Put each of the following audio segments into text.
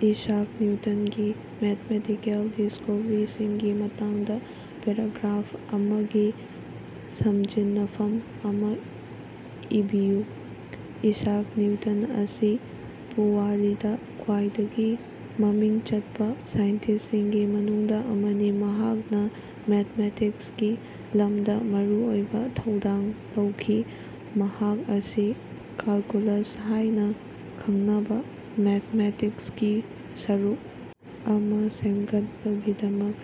Isaac ꯅꯤꯎꯇꯟꯒꯤ mathematical ꯗꯤꯁꯀꯣꯚꯔꯤꯁꯤꯡꯒꯤ ꯃꯇꯥꯡꯗ paragraph ꯑꯃꯒꯤ ꯁꯝꯖꯤꯟꯅꯐꯝ ꯑꯃ ꯏꯕꯤꯌꯨ꯫ ꯏꯁꯥꯛ ꯅꯤꯎꯇꯟ ꯑꯁꯤ ꯄꯨꯋꯥꯔꯤꯗ ꯈ꯭ꯋꯥꯏꯗꯒꯤ ꯃꯃꯤꯡ ꯆꯠꯄ ꯁꯥꯏꯟꯇꯤꯁꯁꯤꯡꯒꯤ ꯃꯅꯨꯡꯗ ꯑꯃꯅꯤ, ꯃꯍꯥꯛꯅ ꯃꯦꯊꯃꯦꯇꯤꯛꯁꯀꯤ ꯂꯝꯗ ꯃꯔꯨꯑꯣꯏꯕ ꯊꯧꯗꯥꯡ ꯂꯧꯈꯤ꯫ ꯃꯍꯥꯛ ꯑꯁꯤ ꯀꯦꯜꯀꯨꯂꯁ ꯍꯥꯏꯅ ꯈꯪꯅꯕ ꯃꯦꯊꯃꯦꯇꯤꯛꯁꯀꯤ ꯁꯔꯨꯛ ꯑꯃ ꯁꯦꯝꯒꯠꯄꯒꯤꯗꯃꯛ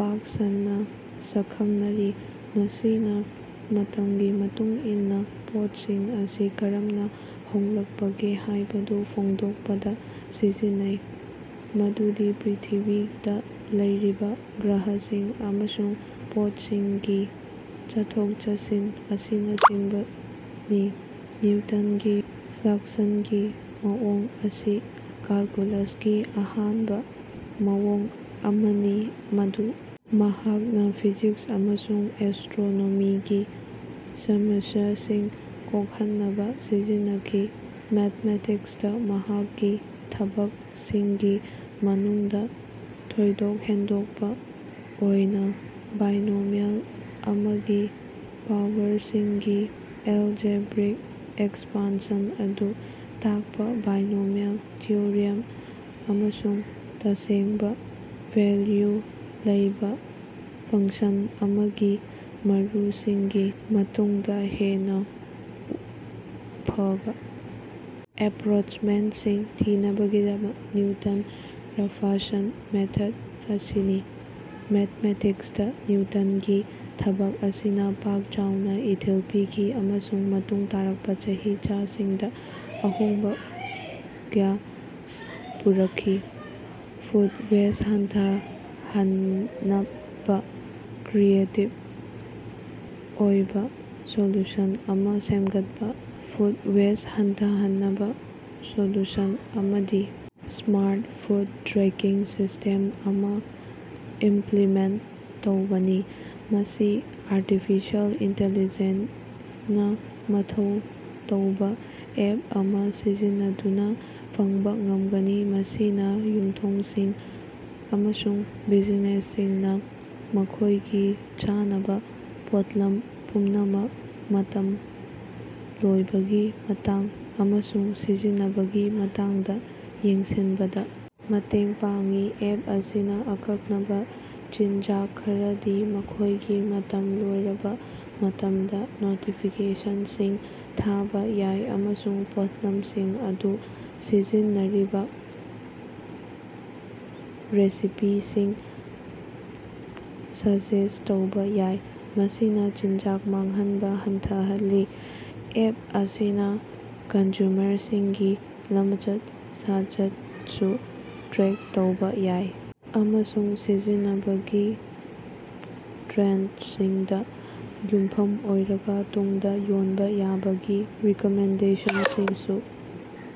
ꯄꯥꯛ ꯁꯟꯅ ꯁꯛꯈꯪꯅꯔꯤ, ꯃꯁꯤꯅ ꯃꯇꯝꯒꯤ ꯃꯇꯨꯡ ꯏꯟꯅ ꯄꯣꯠꯁꯤꯡ ꯑꯁꯤ ꯀꯔꯝꯅ ꯍꯣꯡꯂꯛꯄꯒꯦ ꯍꯥꯏꯕꯗꯨ ꯐꯣꯡꯗꯣꯛꯄꯗ ꯁꯤꯖꯤꯟꯅꯩ, ꯃꯗꯨꯗꯤ ꯄ꯭ꯔꯤꯊꯤꯕꯤꯗ ꯂꯩꯔꯤꯕ ꯒ꯭ꯔꯍꯁꯤꯡ ꯑꯃꯁꯨꯡ ꯄꯣꯠꯁꯤꯡꯒꯤ ꯆꯠꯊꯣꯛ-ꯆꯠꯁꯤꯟ ꯑꯁꯤꯅꯆꯤꯡꯕꯅꯤ꯫ ꯅꯤꯎꯇꯟꯒꯤ ꯐ꯭ꯂꯛꯁꯟꯒꯤ ꯃꯑꯣꯡ ꯑꯁꯤ ꯀꯦꯜꯀꯨꯂꯁꯀꯤ ꯑꯍꯥꯟꯕ ꯃꯑꯣꯡ ꯑꯃꯅꯤ ꯃꯗꯨ ꯃꯍꯥꯛꯅ ꯐꯤꯖꯤꯛꯁ ꯑꯃꯁꯨꯡ ꯑꯦꯁꯇ꯭ꯔꯣꯅꯣꯃꯤꯒꯤ ꯁꯃꯁ꯭ꯌꯥꯁꯤꯡ ꯀꯣꯛꯍꯟꯅꯕ ꯁꯤꯖꯤꯟꯅꯈꯤ꯫ ꯃꯦꯊꯃꯦꯇꯤꯛꯁꯇ ꯃꯍꯥꯛꯀꯤ ꯊꯕꯛꯁꯤꯡꯒꯤ ꯃꯅꯨꯡꯗ ꯊꯣꯏꯗꯣꯛ ꯍꯦꯟꯗꯣꯛꯄ ꯑꯣꯏꯅ ꯕꯥꯏꯅꯣꯃꯤꯑꯦꯜ ꯑꯃꯒꯤ ꯄꯥꯋꯔꯁꯤꯡꯒꯤ ꯑꯦꯜꯖꯦꯕ꯭ꯔꯤꯛ ꯑꯦꯛꯁꯄꯥꯟꯁꯟ ꯑꯗꯨ ꯇꯥꯛꯄ ꯕꯥꯏꯅꯣꯃꯤꯑꯦꯜ ꯊꯤꯑꯣꯔꯤꯝ ꯑꯃꯁꯨꯡ ꯇꯁꯦꯡꯕ ꯚꯦꯜꯌꯨ ꯂꯩꯕ ꯐꯪꯁꯟ ꯑꯃꯒꯤ ꯃꯔꯨꯁꯤꯡꯒꯤ ꯃꯇꯨꯡꯗ ꯍꯦꯟꯅ ꯐꯕ ꯑꯦꯄ꯭ꯔꯣꯆꯃꯦꯟꯠꯁꯤꯡ ꯊꯤꯅꯕꯒꯤꯗꯃꯛ "ꯅꯤꯎꯇꯟ-ꯔꯥꯐꯁꯟ ꯃꯦꯊꯗ" ꯑꯁꯤꯅꯤ꯫ ꯃꯦꯊꯃꯦꯇꯤꯛꯁꯇ ꯅꯤꯎꯇꯟꯒꯤ ꯊꯕꯛ ꯑꯁꯤꯅ ꯄꯥꯛ ꯆꯥꯎꯅ ꯏꯊꯤꯜ ꯄꯤꯈꯤ ꯑꯃꯁꯨꯡ ꯃꯇꯨꯡ ꯇꯥꯔꯛꯄ ꯆꯍꯤꯆꯥꯁꯤꯡꯗ ꯑꯍꯣꯡꯕ ꯀꯌ ꯄꯨꯔꯛꯈꯤ꯫ ꯐꯨꯗ ꯋꯦꯁꯠ ꯍꯟꯊꯍꯟꯅꯕ ꯀ꯭ꯔꯤꯌꯦꯇꯤꯕ ꯑꯣꯏꯕ ꯁꯣꯂꯨꯁꯟ ꯑꯃ ꯁꯦꯝꯒꯠꯄ꯫ ꯐꯨꯗ ꯋꯦꯁꯠ ꯍꯟꯊꯍꯟꯅꯕ ꯁꯣꯂꯨꯁꯟ ꯑꯃꯗꯤ ꯁ꯭ꯃꯥꯔꯠ ꯐꯨꯗ ꯇ꯭ꯔꯦꯀꯤꯡ ꯁꯤꯁ꯭ꯇꯦꯝ ꯑꯃ ꯏꯝꯄ꯭ꯂꯤꯃꯦꯟꯠ ꯇꯧꯕꯅꯤ꯫ ꯃꯁꯤ ꯑꯥꯔꯇꯤꯐꯤꯁꯦꯜ ꯏꯟꯇꯤꯂꯤꯖꯦꯟꯠ ꯅ ꯃꯊꯧ ꯇꯧꯕ ꯑꯦꯞ ꯑꯃ ꯁꯤꯖꯤꯟꯅꯗꯨꯅ ꯐꯪꯕ ꯉꯝꯒꯅꯤ, ꯃꯁꯤꯅ ꯌꯨꯝꯊꯣꯡꯁꯤꯡ ꯑꯃꯁꯨꯡ ꯕꯤꯖꯤꯅꯦꯁꯁꯤꯡꯅ ꯃꯈꯣꯏꯒꯤ ꯆꯥꯅꯕ ꯄꯣꯠꯂꯝ ꯄꯨꯝꯅꯃꯛ, ꯃꯇꯝ ꯂꯣꯏꯕꯒꯤ ꯃꯇꯥꯡ, ꯑꯃꯁꯨꯡ ꯁꯤꯖꯤꯟꯅꯕꯒꯤ ꯃꯇꯥꯡꯗ ꯌꯦꯡꯁꯤꯟꯕꯗ ꯃꯇꯦꯡ ꯄꯥꯡꯏ꯫ ꯑꯦꯞ ꯑꯁꯤꯅ ꯑꯀꯛꯅꯕ ꯆꯤꯟꯖꯥꯛ ꯈꯔꯗꯤ ꯃꯈꯣꯏꯒꯤ ꯃꯇꯝ ꯂꯣꯏꯔꯕ ꯃꯇꯝꯗ ꯅꯣꯇꯤꯐꯤꯀꯦꯁꯟꯁꯤꯡ ꯊꯥꯕ ꯌꯥꯏ ꯑꯃꯁꯨꯡ ꯄꯣꯠꯂꯝꯁꯤꯡ ꯑꯗꯨ ꯁꯤꯖꯤꯟꯅꯔꯤꯕ ꯔꯦꯁꯤꯄꯤꯁꯤꯡ ꯁꯖꯦꯁꯠ ꯇꯧꯕ ꯌꯥꯏ, ꯃꯁꯤꯅ ꯆꯤꯟꯖꯥꯛ ꯃꯥꯡꯍꯟꯕ ꯍꯟꯊꯍꯜꯂꯤ꯫ ꯑꯦꯞ ꯑꯁꯤꯅ ꯀꯟꯖꯨꯃꯔꯁꯤꯡꯒꯤ ꯂꯃꯆꯠ-ꯁꯥꯖꯠꯁꯨ ꯇ꯭ꯔꯦꯛ ꯇꯧꯕ ꯌꯥꯏ ꯑꯃꯁꯨꯡ ꯁꯤꯖꯤꯟꯅꯕꯒꯤ ꯇ꯭ꯔꯦꯟꯗꯁꯤꯡꯗ ꯌꯨꯝꯐꯝ ꯑꯣꯏꯔꯒ ꯇꯨꯡꯗ ꯌꯣꯟꯕ ꯌꯥꯕꯒꯤ ꯔꯤꯀꯃꯦꯟꯗꯦꯁꯟꯁꯤꯡꯁꯨ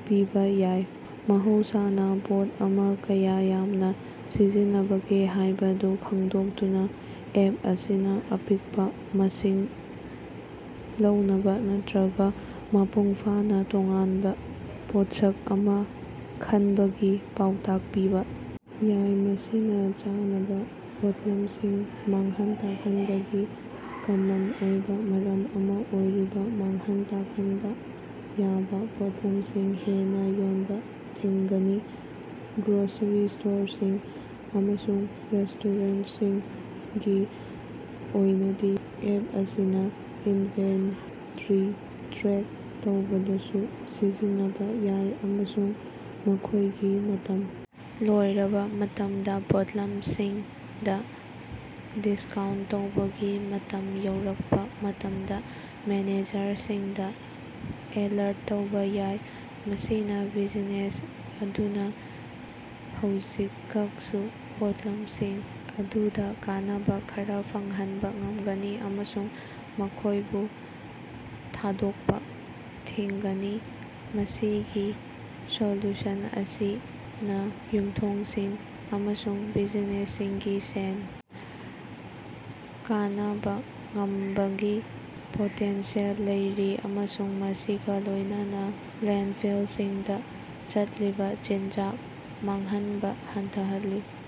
ꯄꯤꯕ ꯌꯥꯏ꯫ ꯃꯍꯧꯁꯥꯅ ꯄꯣꯠ ꯑꯃ ꯀꯌꯥ ꯌꯥꯝꯅ ꯁꯤꯖꯤꯟꯅꯕꯒꯦ ꯍꯥꯏꯕꯗꯨ ꯈꯪꯗꯣꯛꯇꯨꯅ ꯑꯦꯞ ꯑꯁꯤꯅ ꯑꯄꯤꯛꯄ ꯃꯁꯤꯡ ꯂꯧꯅꯕ ꯅꯠꯇ꯭ꯔꯒ ꯃꯄꯨꯡ ꯐꯥꯅ ꯇꯣꯉꯥꯟꯕ ꯄꯣꯠꯁꯛ ꯑꯃ ꯈꯟꯕꯒꯤ ꯄꯥꯎꯇꯥꯛ ꯄꯤꯕ ꯌꯥꯏ꯫ ꯃꯁꯤꯅ ꯆꯥꯅꯕ ꯄꯣꯠꯂꯝꯁꯤꯡ ꯃꯥꯡꯍꯟ ꯇꯥꯛꯍꯟꯕꯒꯤ ꯀꯃꯟ ꯑꯣꯏꯕ ꯃꯔꯝ ꯑꯃ ꯑꯣꯏꯔꯤꯕ ꯃꯥꯡꯍꯟ ꯇꯥꯛꯍꯟꯕ ꯌꯥꯕ ꯄꯣꯠꯂꯝꯁꯤꯡ ꯍꯦꯟꯅ ꯌꯣꯟꯕ ꯊꯤꯡꯒꯅꯤ꯫ ꯒ꯭ꯔꯣꯁꯔꯤ ꯁ꯭ꯇꯣꯔꯁꯤꯡ ꯑꯃꯁꯨꯡ ꯔꯦꯁꯇꯣꯔꯦꯟꯠꯁꯤꯡꯒꯤ ꯑꯣꯏꯅꯗꯤ, ꯑꯦꯞ ꯑꯁꯤꯅ ꯏꯟꯚꯦꯟꯇꯔꯤ ꯇ꯭ꯔꯦꯛ ꯇꯧꯕꯗꯁꯨ ꯁꯤꯖꯤꯟꯅꯕ ꯌꯥꯏ ꯑꯃꯁꯨꯡ ꯃꯈꯣꯏꯒꯤ ꯃꯇꯝ ꯂꯣꯏꯔꯕ ꯃꯇꯝꯗ ꯄꯣꯠꯂꯝꯁꯤꯡꯗ ꯗꯤꯁꯀꯥꯎꯟꯠ ꯇꯧꯕꯒꯤ ꯃꯇꯝ ꯌꯧꯔꯛꯄ ꯃꯇꯝꯗ ꯃꯦꯅꯦꯖꯔꯁꯤꯡꯗ ꯑꯦꯂꯔꯠ ꯇꯧꯕ ꯌꯥꯏ꯫ ꯃꯁꯤꯅ ꯕꯤꯖꯤꯅꯦꯁ ꯑꯗꯨꯅ ꯍꯧꯖꯤꯀꯛꯁꯨ ꯄꯣꯠꯂꯝꯁꯤꯡ ꯑꯗꯨꯗ ꯀꯥꯟꯅꯕ ꯈꯔ ꯐꯪꯍꯟꯕ ꯉꯝꯒꯅꯤ ꯑꯃꯁꯨꯡ ꯃꯈꯣꯏꯕꯨ ꯊꯥꯗꯣꯛꯄ ꯊꯤꯡꯒꯅꯤ꯫ ꯃꯁꯤꯒꯤ ꯁꯣꯂꯨꯁꯟ ꯑꯁꯤꯅ ꯌꯨꯝꯊꯣꯡꯁꯤꯡ ꯑꯃꯁꯨꯡ ꯕꯤꯖꯤꯅꯦꯁꯁꯤꯡꯒꯤ ꯁꯦꯟ ꯀꯅꯕ ꯉꯝꯕꯒꯤ ꯄꯣꯇꯦꯟꯁꯤꯌꯦꯜ ꯂꯩꯔꯤ ꯑꯃꯁꯨꯡ ꯃꯁꯤꯒ ꯂꯣꯏꯅꯅ ꯂꯦꯟꯐꯤꯜꯁꯤꯡꯗ ꯆꯠꯂꯤꯕ ꯆꯤꯟꯖꯥꯛ ꯃꯥꯡꯍꯟꯕ ꯍꯟꯊꯍꯜꯂꯤ꯫